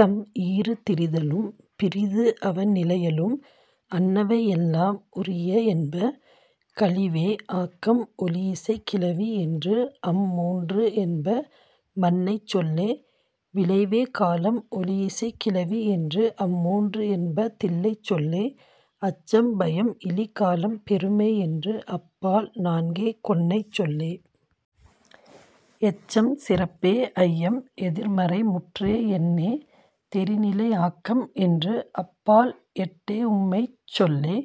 தம் ஈறு திரிதலும் பிறிது அவண் நிலையலும் அன்னவை எல்லாம் உரிய என்ப. கழிவே ஆக்கம் ஒழியிசைக் கிளவி என்று அம் மூன்று என்ப மன்னைச் சொல்லே. விழைவே காலம் ஒழியிசைக் கிளவி என்று அம் மூன்று என்ப தில்லைச் சொல்லே. அச்சம் பயம் இலி காலம் பெருமை என்று அப் பால் நான்கே கொன்னைச் சொல்லே. எச்சம் சிறப்பே ஐயம் எதிர்மறை முற்றே எண்ணே தெரிநிலை ஆக்கம் என்று அப் பால் எட்டே உம்மைச் சொல்லே.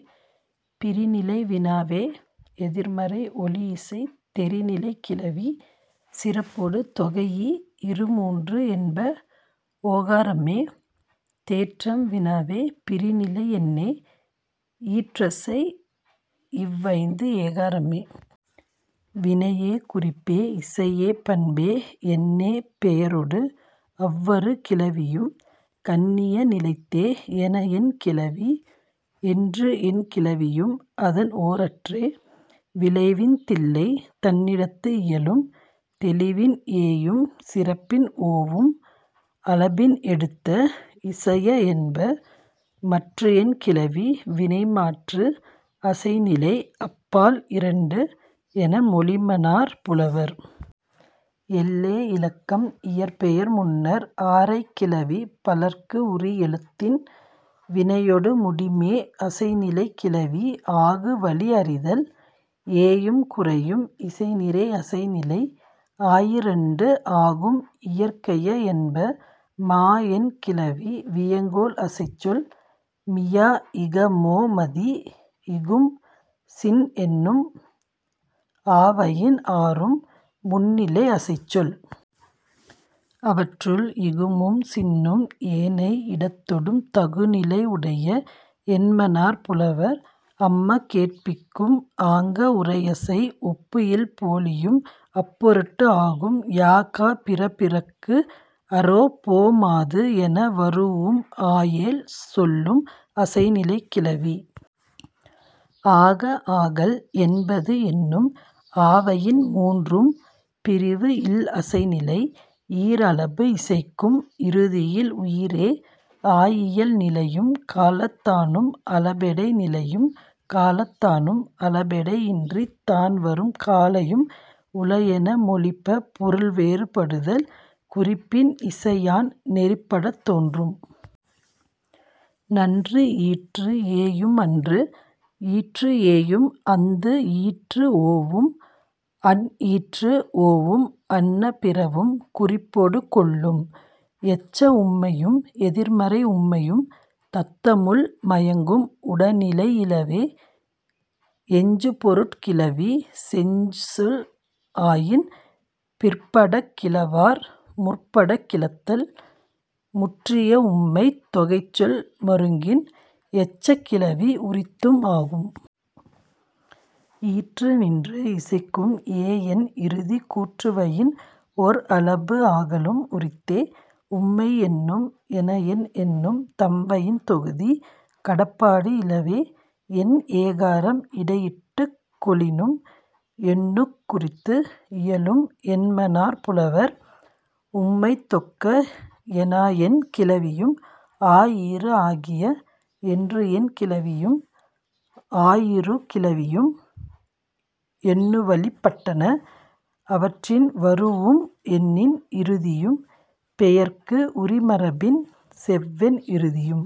பிரிநிலை வினாவே எதிர்மறை ஒழியிசை தெரிநிலைக் கிளவி சிறப்பொடு தொகைஇ இரு மூன்று என்ப ஓகாரம்மே. தேற்றம் வினாவே பிரிநிலை எண்ணே ஈற்றசை இவ் ஐந்து ஏகாரம்மே. வினையே குறிப்பே இசையே பண்பே எண்ணே பெயரொடு அவ் அறு கிளவியும் கண்ணிய நிலைத்தே என என் கிளவி. என்று என் கிளவியும் அதன் ஓரற்றே. விழைவின் தில்லை தன்னிடத்து இயலும். தெளிவின் ஏயும் சிறப்பின் ஓவும் அளபின் எடுத்த இசைய என்ப. மற்று என் கிளவி வினைமாற்று அசைநிலை அப் பால் இரண்டு என மொழிமனார் புலவர். எல்லே இலக்கம். இயற்பெயர் முன்னர் ஆரைக் கிளவி பலர்க்கு உரி எழுத்தின் வினையொடு முடிமே. அசைநிலைக் கிளவி ஆகு வழி அறிதல். ஏயும் குரையும் இசைநிறை அசைநிலை ஆயிரண்டு ஆகும் இயற்கைய என்ப. மா என் கிளவி வியங்கோள் அசைச்சொல். மியா இக மோ மதி இகும் சின் என்னும் ஆவயின் ஆறும் முன்னிலை அசைச்சொல். அவற்றுள், இகுமும் சின்னும் ஏனை இடத்தொடும் தகு நிலை உடைய என்மனார் புலவர். அம்ம கேட்பிக்கும். ஆங்க உரையசை. ஒப்பு இல் போலியும் அப் பொருட்டு ஆகும். யா கா பிற பிறக்கு அரோ போ மாது என வரூஉம் ஆயேழ் சொல்லும் அசைநிலைக் கிளவி. ஆக ஆகல் என்பது என்னும் ஆவயின் மூன்றும் பிரிவு இல் அசைநிலை. ஈர் அளபு இசைக்கும் இறுதியில் உயிரே ஆயியல் நிலையும் காலத்தானும் அளபெடை நிலையும் காலத்தானும் அளபெடை இன்றித் தான் வரும் காலையும் உள என மொழிப பொருள் வேறுபடுதல் குறிப்பின் இசையான் நெறிப்படத் தோன்றும். நன்று ஈற்று ஏயும் அன்று ஈற்று ஏயும் அந்து ஈற்று ஓவும் அன் ஈற்று ஓவும் அன்ன பிறவும் குறிப்பொடு கொள்ளும். எச்ச உம்மையும் எதிர்மறை உம்மையும் தத்தமுள் மயங்கும் உடனிலை இலவே. எஞ்சுபொருட் கிளவி செஞ்சொல் ஆயின் பிற்படக் கிளவார் முற்படக் கிளத்தல். முற்றிய உம்மைத் தொகைச்சொல் மருங்கின் எச்சக் கிளவி உரித்தும் ஆகும். ஈற்று நின்று இசைக்கும் ஏ என் இறுதி கூற்றுவயின் ஒர் அளபு ஆகலும் உரித்தே. உம்மை எண்ணும் என என் எண்ணும் தம்வயின் தொகுதி கடப்பாடு இலவே. எண் ஏகாரம் இடையிட்டுக் கொளினும் எண்ணுக் குறித்து இயலும் என்மனார் புலவர். உம்மை தொக்க எனா என் கிளவியும் ஆ ஈறு ஆகிய என்று என் கிளவியும் ஆயிரு கிளவியும் எண்ணுவழிப் பட்டன. அவற்றின் வரூஉம் எண்ணின் இறுதியும் பெயர்க்கு உரி மரபின் செவ்வெண் இறுதியும்